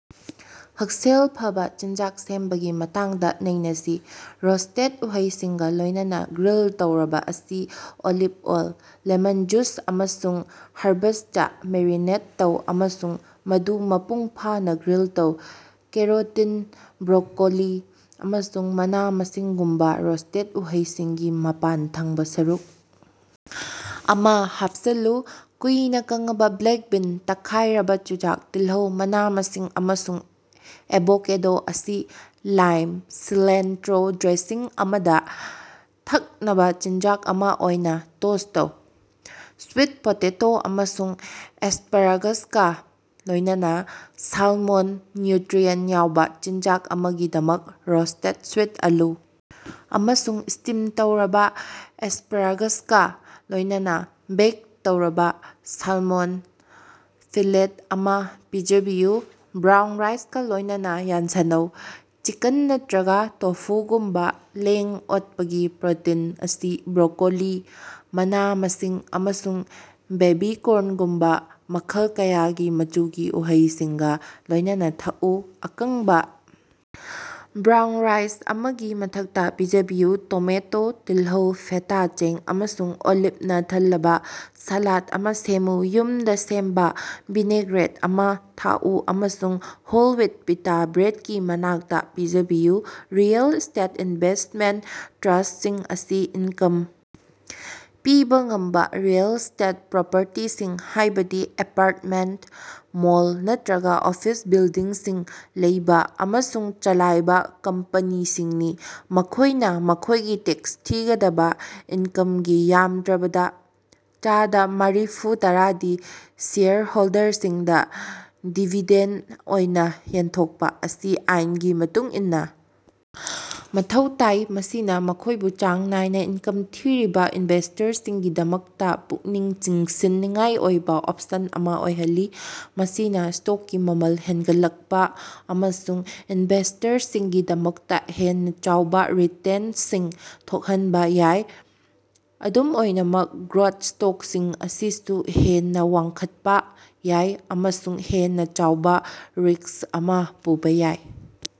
ꯍꯛꯁꯦꯜ ꯐꯕꯥ ꯆꯤꯟꯖꯥꯛ ꯁꯦꯝꯕꯒꯤ ꯃꯇꯥꯡꯗ ꯅꯩꯅꯁꯤ꯫ ꯔꯣꯁꯇꯦꯠ ꯎꯍꯩꯁꯤꯡꯒꯥ ꯂꯣꯏꯅꯅꯥ ꯒ꯭ꯔꯤꯜ ꯇꯧꯔꯕꯥ ꯑꯁꯤ ꯑꯣꯂꯤꯞ ꯑꯣꯏꯜ, ꯂꯦꯃꯟ ꯖꯨꯁ ꯑꯃꯁꯨꯡ ꯍꯔꯕꯁꯇꯥ ꯃꯦꯔꯤꯅꯦꯠ ꯇꯧ ꯑꯃꯁꯨꯡ ꯃꯗꯨ ꯃꯄꯨꯡꯐꯥꯅꯥ ꯒ꯭ꯔꯤꯜ ꯇꯧ꯫ ꯀꯦꯔꯣꯇꯤꯟ, ꯕ꯭ꯔꯣꯀꯣꯂꯤ, ꯑꯃꯁꯨꯡ ꯃꯅꯥ-ꯃꯁꯤꯡꯒꯨꯝꯕꯥ ꯔꯣꯁꯇꯦꯠ ꯎꯍꯩꯁꯤꯡꯒꯤ ꯃꯄꯥꯟꯊꯪꯕꯥ ꯁꯔꯨꯛ ꯑꯃꯥ ꯍꯥꯞꯆꯤꯜꯂꯨ꯫ ꯀꯨꯏꯅꯥ ꯀꯪꯉꯕꯥ ꯕ꯭ꯂꯦꯛ ꯕꯤꯟ, ꯇꯛꯈꯥꯏꯔꯕꯥ ꯆꯨꯖꯥꯛ, ꯇꯤꯜꯍꯧ, ꯃꯅꯥ-ꯃꯁꯤꯡ ꯑꯃꯁꯨꯡ ꯑꯦꯚꯣꯀꯦꯗꯣ ꯑꯁꯤ ꯂꯥꯏꯝ-ꯁꯤꯂꯦꯟꯇ꯭ꯔꯣ ꯗ꯭ꯔꯦꯁꯤꯡ ꯑꯃꯗꯥ ꯊꯛꯅꯕꯥ ꯆꯤꯟꯖꯥꯛ ꯑꯃꯥ ꯑꯣꯏꯅꯥ ꯇꯣꯁ ꯇꯧ꯫ ꯁ꯭ꯋꯤꯠ ꯄꯣꯇꯦꯇꯣ ꯑꯃꯁꯨꯡ ꯑꯦꯁꯄ꯭ꯔꯥꯒꯁꯀꯥ ꯂꯣꯏꯅꯅꯥ ꯁꯥꯜꯃꯣꯟ ꯅ꯭ꯌꯨꯇ꯭ꯔꯤꯑꯦꯟ ꯌꯥꯎꯕꯥ ꯆꯤꯟꯖꯥꯛ ꯑꯃꯒꯤꯗꯃꯛ ꯔꯣꯁꯇꯦꯠ ꯁ꯭ꯋꯤꯠ ꯑꯥꯂꯨ ꯑꯃꯁꯨꯡ ꯁ꯭ꯇꯤꯝ ꯇꯧꯔꯕꯥ ꯑꯦꯁꯄ꯭ꯔꯥꯒꯥꯁꯀꯥ ꯂꯣꯏꯅꯅꯥ ꯕꯦꯛ ꯇꯧꯔꯕꯥ ꯁꯥꯜꯃꯣꯟ ꯐꯤꯂꯦꯠ ꯑꯃꯥ ꯄꯤꯖꯕꯤꯌꯨ꯫ ꯕ꯭ꯔꯥꯎꯟ ꯔꯥꯏꯁꯀꯥ ꯂꯣꯏꯅꯅꯥ ꯌꯥꯟꯁꯤꯟꯅꯧ: ꯆꯤꯀꯟ ꯅꯠꯇ꯭ꯔꯒꯥ ꯇꯣꯐꯨꯒꯨꯝꯕꯥ ꯂꯦꯡ-ꯑꯣꯠꯄꯒꯤ ꯄ꯭ꯔꯣꯇꯤꯟ ꯑꯁꯤ ꯕ꯭ꯔꯣꯀꯣꯂꯤ, ꯃꯅꯥ-ꯃꯁꯤꯡ ꯑꯃꯁꯨꯡ ꯕꯦꯕꯤ ꯀꯣꯔꯟꯒꯨꯝꯕꯥ ꯃꯈꯜ ꯀꯌꯥꯒꯤ ꯃꯆꯨꯒꯤ ꯎꯍꯩꯁꯤꯡꯒꯥ ꯂꯣꯏꯅꯅꯥ ꯊꯛꯎ꯫ ꯑꯀꯪꯕꯥ ꯕ꯭ꯔꯥꯎꯟ ꯔꯥꯏꯁ ꯑꯃꯒꯤ ꯃꯊꯛꯇꯥ ꯄꯤꯖꯕꯤꯌꯨ꯫ ꯇꯣꯃꯦꯇꯣ, ꯇꯤꯜꯍꯧ, ꯐꯦꯇꯥ ꯆꯦꯡ ꯑꯃꯁꯨꯡ ꯑꯣꯂꯤꯞꯅꯥ ꯊꯜꯂꯕꯥ ꯁꯥꯂꯥꯗ ꯑꯃꯥ ꯁꯦꯝꯃꯨ꯫ ꯌꯨꯝꯗꯥ ꯁꯦꯝꯕꯥ ꯚꯤꯅꯦꯒ꯭ꯔꯦꯠ ꯑꯃꯥ ꯊꯥꯛꯎ ꯑꯃꯁꯨꯡ ꯍꯣꯜ ꯋꯤꯠ ꯄꯤꯇꯥ ꯕ꯭ꯔꯦꯠꯀꯤ ꯃꯅꯥꯛꯇꯥ ꯄꯤꯖꯕꯤꯌꯨ꯫ ꯔꯤꯑꯦꯜ ꯁ꯭ꯇꯦꯠ ꯏꯟꯚꯦꯁꯃꯦꯟꯇ ꯇ꯭ꯔꯁꯁꯤꯡ ꯑꯁꯤ ꯏꯟꯀꯝ ꯄꯤꯕꯥ ꯉꯝꯕꯥ ꯔꯤꯑꯦꯜ ꯁ꯭ꯇꯦꯠ ꯄ꯭ꯔꯣꯄꯔꯇꯤꯁꯤꯡ, ꯍꯥꯏꯕꯗꯤ ꯑꯦꯄꯥꯔꯇꯃꯦꯟꯇ, ꯃꯣꯜ, ꯅꯠꯇ꯭ꯔꯒꯥ ꯑꯣꯐꯤꯁ ꯕꯤꯜꯗꯤꯡꯁꯤꯡ ꯂꯩꯕꯥ ꯑꯃꯁꯨꯡ ꯆꯂꯥꯏꯕꯥ ꯀꯝꯄꯅꯤꯁꯤꯡꯅꯤ꯫ ꯃꯈꯣꯏꯅꯥ ꯃꯈꯣꯏꯒꯤ ꯇꯦꯛꯁ ꯊꯤꯒꯗꯕꯥ ꯏꯟꯀꯝꯒꯤ ꯌꯥꯝꯗ꯭ꯔꯕꯗꯥ ꯆꯗꯥ ꯃꯥꯔꯤꯐꯨ ꯇꯔꯥꯗꯤ ꯁꯦꯌꯔ ꯍꯣꯜꯗꯔꯁꯤꯡꯗꯥ ꯗꯤꯕꯤꯗꯦꯟꯗ ꯑꯣꯏꯅꯥ ꯌꯦꯟꯊꯣꯛꯄꯥ ꯑꯁꯤ ꯑꯥꯏꯟꯒꯤ ꯃꯇꯨꯡ ꯏꯟꯅꯥ ꯃꯊꯧ ꯇꯥꯏ, ꯃꯁꯤꯅꯥ ꯃꯈꯣꯏꯕꯨ ꯆꯥꯡ ꯅꯥꯏꯅꯥ ꯏꯟꯀꯝ ꯊꯤꯔꯤꯕꯥ ꯏꯅꯚꯦꯁꯇꯔꯁꯤꯡꯒꯤꯗꯃꯛꯇꯥ ꯄꯨꯛꯅꯤꯡ ꯆꯤꯡꯁꯤꯟꯅꯤꯡꯉꯥꯏ ꯑꯣꯏꯕꯥ ꯑꯣꯞꯁꯟ ꯑꯃꯥ ꯑꯣꯏꯍꯜꯂꯤ꯫ ꯃꯁꯤꯅꯥ ꯁ꯭ꯇꯣꯛꯀꯤ ꯃꯃꯜ ꯍꯦꯟꯒꯠꯂꯛꯄꯥ ꯑꯃꯁꯨꯡ ꯏꯅꯚꯦꯁꯇꯔꯁꯤꯡꯒꯤꯗꯃꯛꯇꯥ ꯍꯦꯟꯅꯥ ꯆꯥꯎꯕꯥ ꯔꯤꯇꯦꯟꯇꯁꯤꯡ ꯊꯣꯛꯍꯟꯕꯥ ꯌꯥꯏ꯫ ꯑꯗꯨꯝ ꯑꯣꯏꯅꯃꯛ, ꯒ꯭ꯔꯣꯠ ꯁ꯭ꯇꯣꯛꯁꯤꯡ ꯑꯁꯤꯁꯨ ꯍꯦꯟꯅꯥ ꯋꯥꯡꯈꯠꯄꯥ ꯌꯥꯏ ꯑꯃꯁꯨꯡ ꯍꯦꯟꯅꯥ ꯆꯥꯎꯕꯥ ꯔꯤꯛꯁ ꯑꯃꯥ ꯄꯨꯕꯥ ꯌꯥꯏ꯫